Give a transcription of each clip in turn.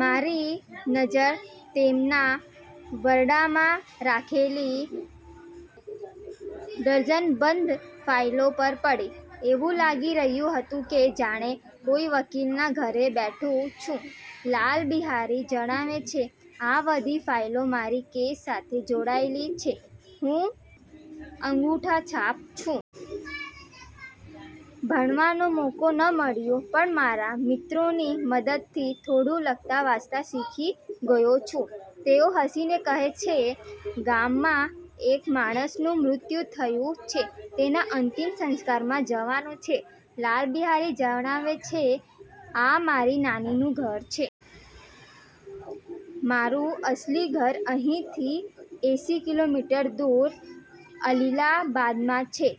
મારી નજર તેમના વરંડામાં રાખેલી ડઝનબંધ ફાઈલો પર પડી. એવું લાગી રહ્યું હતું કે જાણે કોઈ વકીલના ઘરે બેઠું છું. લાલ બિહારી જણાવે છે, "આ બધી ફાઈલો મારા કેસ સાથે જોડાયેલી છે. હું અંગૂઠાછાપ છું. ભણવાનો મોકો ન મળ્યો, પણ મારા મિત્રોની મદદથી થોડું લખતા-વાંચતા શીખી ગયો છું." તેઓ હસીને કહે છે, "ગામમાં એક માણસનું મૃત્યુ થયું છે. તેના અંતિમ સંસ્કારમાં જવાનું છે." લાલ બિહારી જણાવે છે, "આ મારી નાનીનું ઘર છે. મારું અસલી ઘર અહીંથી એંસી કિલોમીટર દૂર અલીલાબાદમાં છે.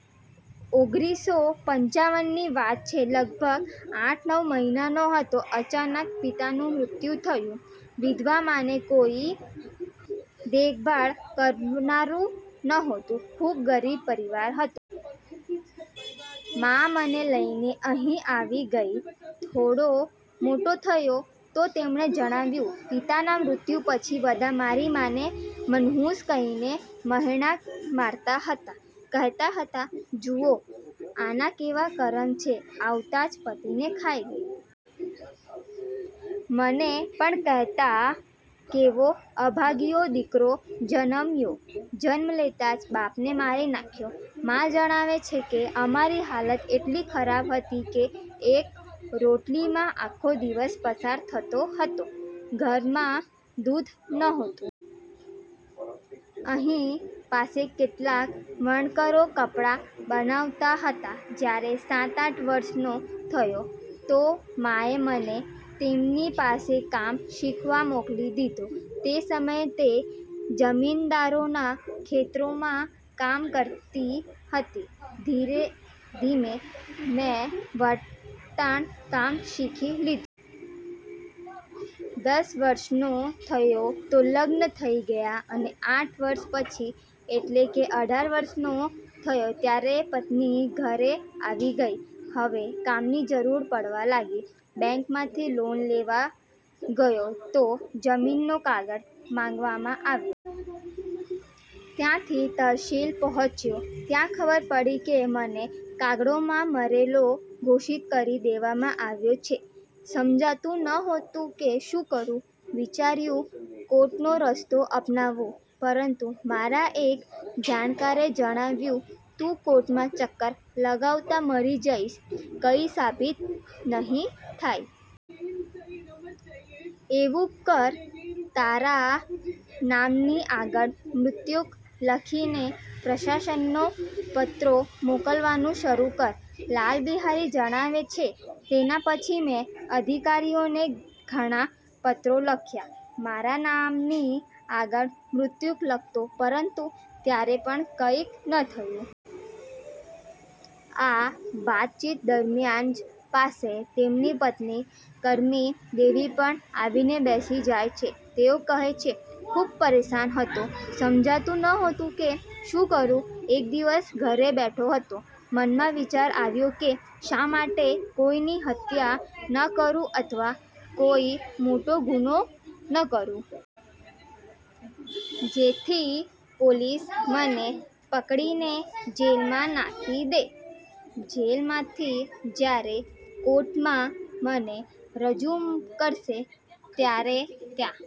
ઓગરીસો પંચાવન ની વાત છે. લગભગ આઠ-નવ મહિનાનો હતો. અચાનક પિતાનું મૃત્યુ થયું. વિધવા મા ને કોઈ દેખભાળ કરનારું નહોતું. ખૂબ ગરીબ પરિવાર હતો. મા મને લઈને અહીં આવી ગઈ. થોડો મોટો થયો." તો તેમણે જણાવ્યું, "પિતાના મૃત્યુ પછી બધા મારી માને 'મનહૂસ' કહીને મહેણાં મારતા હતા." કહેતા હતા, "જુઓ, આના કેવા કરન છે. આવતા જ પતિને ખાઈ ગઈ." મને પણ કહેતા, "કેવો અભાગીયો દીકરો જન્મ્યો. જન્મ લેતા જ બાપને મારી નાખ્યો." મા જણાવે છે કે, "અમારી હાલત એટલી ખરાબ હતી કે એક રોટલીમાં આખો દિવસ પસાર થતો હતો. ઘરમાં દૂધ નહોતું." "અહીં પાસે કેટલાક વણકરો કપડાં બનાવતા હતા. જ્યારે સાત-આઠ વર્ષનો થયો, તો માએ મને તેમની પાસે કામ શીખવા મોકલી દીધો. તે સમયે તે જમીનદારોના ખેતરોમાં કામ કરતી હતી. ધીરે ધીમે મેં વટાણકામ શીખી લી. દસ વર્ષનો થયો તો લગ્ન થઈ ગયા, અને આઠ વર્ષ પછી, એટલે કે અઢાર વર્ષનો થયો ત્યારે પત્ની ઘરે આવી ગઈ. હવે કામની જરૂર પડવા લાગી. બેંકમાંથી લોન લેવા ગયો તો જમીનનો કાગળ માંગવામાં આવ્યો. ત્યાંથી તહસીલ પહોંચ્યો. ત્યાં ખબર પડી કે મને કાગળોમાં મરેલો ઘોષિત કરી દેવામાં આવ્યો છે. સમજાતું નહોતું કે શું કરું? વિચાર્યું, કોર્ટનો રસ્તો અપનાવું, પરંતુ મારા એક જાણકારે જણાવ્યું, "તું કોર્ટમાં ચક્કર લગાવતા મરી જઈશ, કંઈ સાબિત નહીં થાય. એવું કર, તારા નામની આગળ મૃતક લખીને પ્રશાસનનો પત્રો મોકલવાનું શરૂ કર." લાલ બિહારી જણાવે છે, "તેના પછી મેં અધિકારીઓને ઘણા પત્રો લખ્યા. મારા નામની આગળ મૃતક લખતો, પરંતુ ત્યારે પણ કંઈ ન થયું." આ વાતચીત દરમિયાન જ પાસે તેમની પત્ની કરમી દેવી પણ આવીને બેસી જાય છે. તેઓ કહે છે, "ખૂબ પરેશાન હતો. સમજાતું નહોતું કે શું કરું? એક દિવસ ઘરે બેઠો હતો. મનમાં વિચાર આવ્યો કે શા માટે કોઈની હત્યા ન કરું અથવા કોઈ મોટો ગુનો ન કરું? જેથી પોલીસ મને પકડીને જેલમાં નાખી દે. જેલમાંથી જ્યારે કોર્ટમાં મને રજૂમ કરશે ત્યારે ત્યાં